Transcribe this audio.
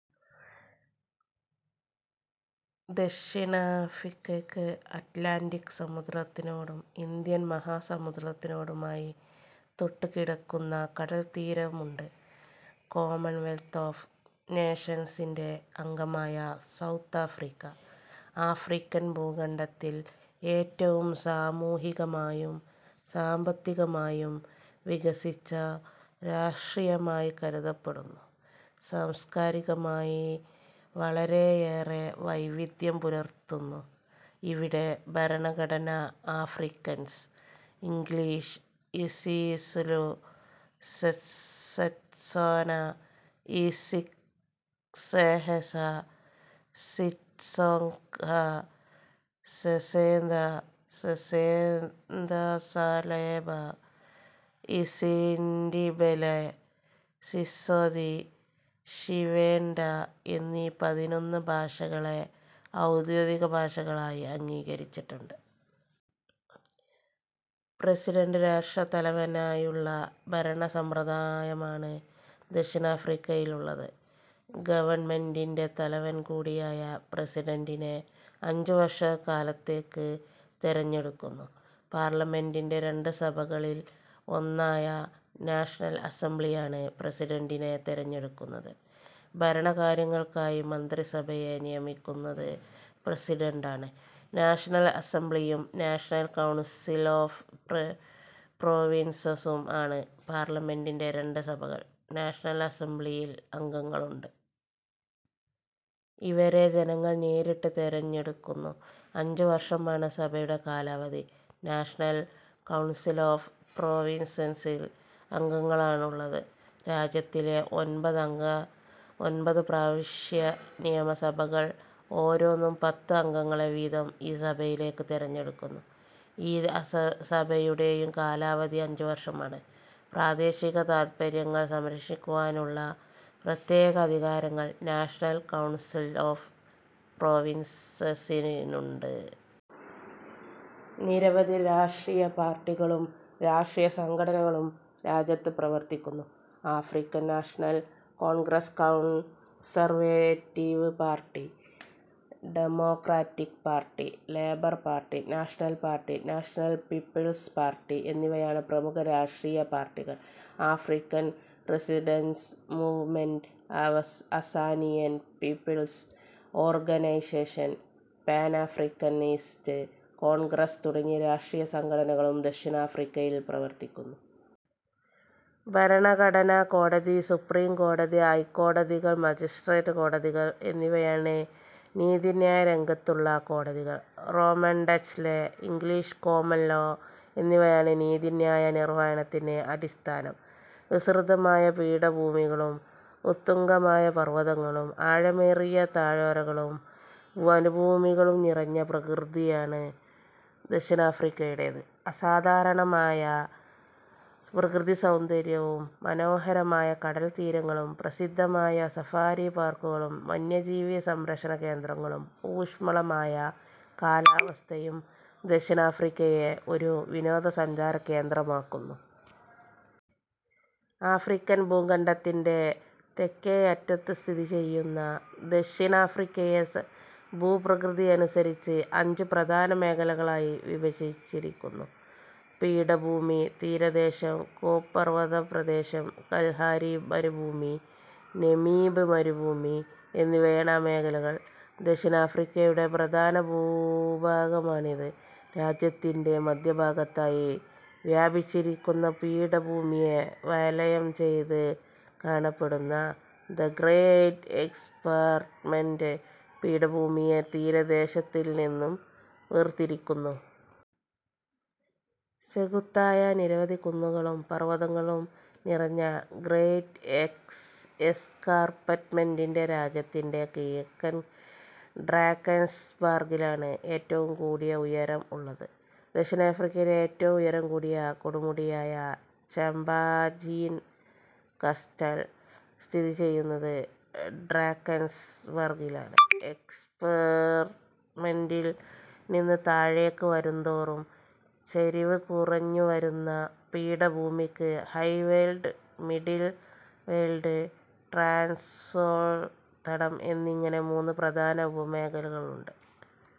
ദക്ഷിണാഫിക്കയ്ക്ക് Atlantic സമുദ്രത്തിനോടും Indian മഹാസമുദ്രത്തിനോടുമായി തൊട്ടുകിടക്കുന്ന കടൽത്തീരമുണ്ട് കോമൺവെൽത്ത് ഓഫ് നേഷൻസിന്റെ അംഗമായ സൗത്ത് ആഫ്രിക്ക, ആഫ്രിക്കൻ ഭൂഖണ്ഡത്തിൽ ഏറ്റവും സാമൂഹികമായും സാമ്പത്തികമായും വികസിച്ച രാഷ്ട്രമായി കരുതപ്പെടുന്നു. സാംസ്കാരികമായി വളരേയേറെ വൈവിധ്യം പുലർത്തുന്ന് ഇവിടെ ഭരണഘടന Afrikaans, English, isiZulu, Setswana isiXhosa, Xitsonga, Sesotho, Sesotho sa Leboa, isiNdebele, Siswati, Xivenda, എന്നീ പതിനൊന്ന് ഭാഷകളെ ഔദ്യോഗികഭാഷയായി അംഗീകരിച്ചിട്ടുണ്ട്. പ്രസിഡന്റ് രാഷ്ട്രത്തലവനായുള്ള ഭരണസമ്പ്രദായമാണ് ദക്ഷിണാഫ്രിക്കയിലുള്ളത്. ഗവണ്മെന്റിന്റെ തലവൻകൂടിയായ പ്രസിഡന്റിനെ അഞ്ചുവർഷക്കാലത്തേക്കു തെരഞ്ഞെടുക്കുന്നു. പാർലമെന്റിന്റെ രണ്ട് സഭകളിൽ ഒന്നായ നാഷണൽ അസംബ്ലിയാണ് പ്രസിഡന്റിനെ തെരഞ്ഞെടുക്കുന്നത്. ഭരണ കാര്യങ്ങൾക്കായി മന്ത്രിസഭയെ നിയമിക്കുന്നത് പ്രസിഡന്റാണ്. നാഷണൽ അസംബ്ലിയും നാഷണൽ കൗൺസിൽ ഒഫ് പ്രോവിൻസസും ആണ് പാർലമെന്റിന്റെ രണ്ട് സഭകൾ. നാഷണൽ അസംബ്ളിയിൽ അംഗങ്ങളുണ്ട്. ഇവരെ ജനങ്ങൾ നേരിട്ട് തെരഞ്ഞെടുക്കുന്നു. അഞ്ചുവർഷമാണ് സഭയുടെ കാലാവധി. നാഷണൽ കൌൺസിൽ ഒഫ് പ്രോവിൻസസിൽ അംഗങ്ങളാണുള്ളത്. രാജ്യത്തിലെ ഒൻപത് പ്രവിശ്യാനിയമസഭകൾ ഓരോന്നും പത്ത് അംഗങ്ങളെ വീതം ഈ സഭയിലേക്കു തെരഞ്ഞെടുക്കുന്നു. ഈ സഭയുടെയും കാലാവധി അഞ്ചുവർഷമാണ്. പ്രാദേശിക താത്പര്യങ്ങൾ സംരക്ഷിക്കുവാനുള്ള പ്രത്യേക അധികാരങ്ങൾ നാഷണൽ കൌൺസിൽ ഒഫ് പ്രോവിൻസസിനുണ്ട്. നിരവധി രാഷ്ട്രീയ പാർട്ടികളും രാഷ്ട്രീയ സംഘടനകളും രാജ്യത്ത് പ്രവർത്തിക്കുന്നു. African National Congress, Conservative Party, Democratic Party, Labour Party, National Party, National People's Party എന്നിവയാണ് പ്രമുഖ രാഷ്ട്രീയ പാർട്ടികൾ. African Resistance Movement, Azanian People's Organisation, Pan Africanist Congress തുടങ്ങിയ രാഷ്ട്രീയ സംഘടനകളും ദക്ഷിണാഫ്രിക്കയിൽ പ്രവർത്തിക്കുന്നു. ഭരണഘടനാ കോടതി, സുപ്രീം കോടതി, ഹൈക്കോടതികൾ, മജിസ്റ്റ്രേറ്റ് കോടതികൾ എന്നിവയാണ് നീതിന്യായരംഗത്തുള്ള കോടതികൾ. Roman Dutch law, English common law എന്നിവയാണ് നീതിന്യായ നിർവഹണത്തിന് അടിസ്ഥാനം. വിസ്തൃതമായ പീഠഭൂമികളും ഉത്തുംഗമായ പർവതങ്ങളും ആഴമേറിയ താഴ്വരകളും മരുഭൂമികളും നിറഞ്ഞ ഭൂപ്രകൃതിയാണ് ദക്ഷിണാഫ്രിക്കയുടേത്. അസാധാരണമായ പ്രകൃതിസൗന്ദര്യവും മനോഹരമായ കടൽത്തീരങ്ങളും പ്രസിദ്ധമായ സഫാരി പാർക്കുകളും വന്യജീവി സംരക്ഷണകേന്ദ്രങ്ങളും ഊഷ്മളമായ കാലാവസ്ഥയും ദക്ഷിണാഫ്രിക്കയെ ഒരു വിനോദസഞ്ചാരകേന്ദ്രമാക്കുന്നു. ആഫ്രിക്കൻ ഭൂഖണ്ഡത്തിന്റെ തെക്കേയറ്റത്തു സ്ഥിതിചെയ്യുന്ന ദക്ഷിണാഫ്രിക്കയെ ഭൂപ്രകൃതിയനുസരിച്ച് അഞ്ച് പ്രധാന മേഖലകളായി വിഭജിച്ചിരിക്കുന്നു. പീഠഭൂമി, തീരദേശം, കേപ് പർവതപ്രദേശം, കൽഹാരി മരുഭൂമി, നമീബ് മരുഭൂമി എന്നിവയാണ് ആ മേഖലകൾ. ദക്ഷിണാഫ്രിക്കയുടെ പ്രധാന ഭൂഭാഗമാണിത്. രാജ്യത്തിന്റെ മധ്യഭാഗത്തായി വ്യാപിച്ചിരിക്കുന്ന പീഠഭൂമിയെ വലയംചെയ്തു കാണപ്പെടുന്ന 'ദ് ഗ്രെയ്റ്റ് എസ്കാർപ്മെന്റ്' പീഠഭൂമിയെ തീരദേശത്തിൽനിന്നു വേർതിരിക്കുന്നു. ചെങ്കുത്തായ നിരവധി കുന്നുകളും പർവതങ്ങളും നിറഞ്ഞ ഗ്രെയ്റ്റ് എസ്കാർപ്മെന്റിന് രാജ്യത്തിന്റെ കിഴക്കൻ ഡ്രാക്കൻസ്ബർഗിലാണ് ഏറ്റവും കൂടിയ ഉയരം ഉള്ളത്. ദക്ഷിണാഫ്രിക്കയിലെ ഏറ്റവും ഉയരം കൂടിയ കൊടുമുടിയായ ചാമ്പാജിൻ കാസ്റ്റൽ സ്ഥിതിചെയ്യുന്നത് ഡ്രാക്കൻസ്ബർഗിലാണ്. എസ്കാർപ്മെന്റിൽ നിന്ന് താഴേക്കു വരുന്തോറും ചരിവ് കുറഞ്ഞുവരുന്ന പീഠഭൂമിക്ക് Highveld, Middleveld, Transvaal തടം എന്നിങ്ങനെ മൂന്ന് പ്രധാന ഉപമേഖലകളുണ്ട്.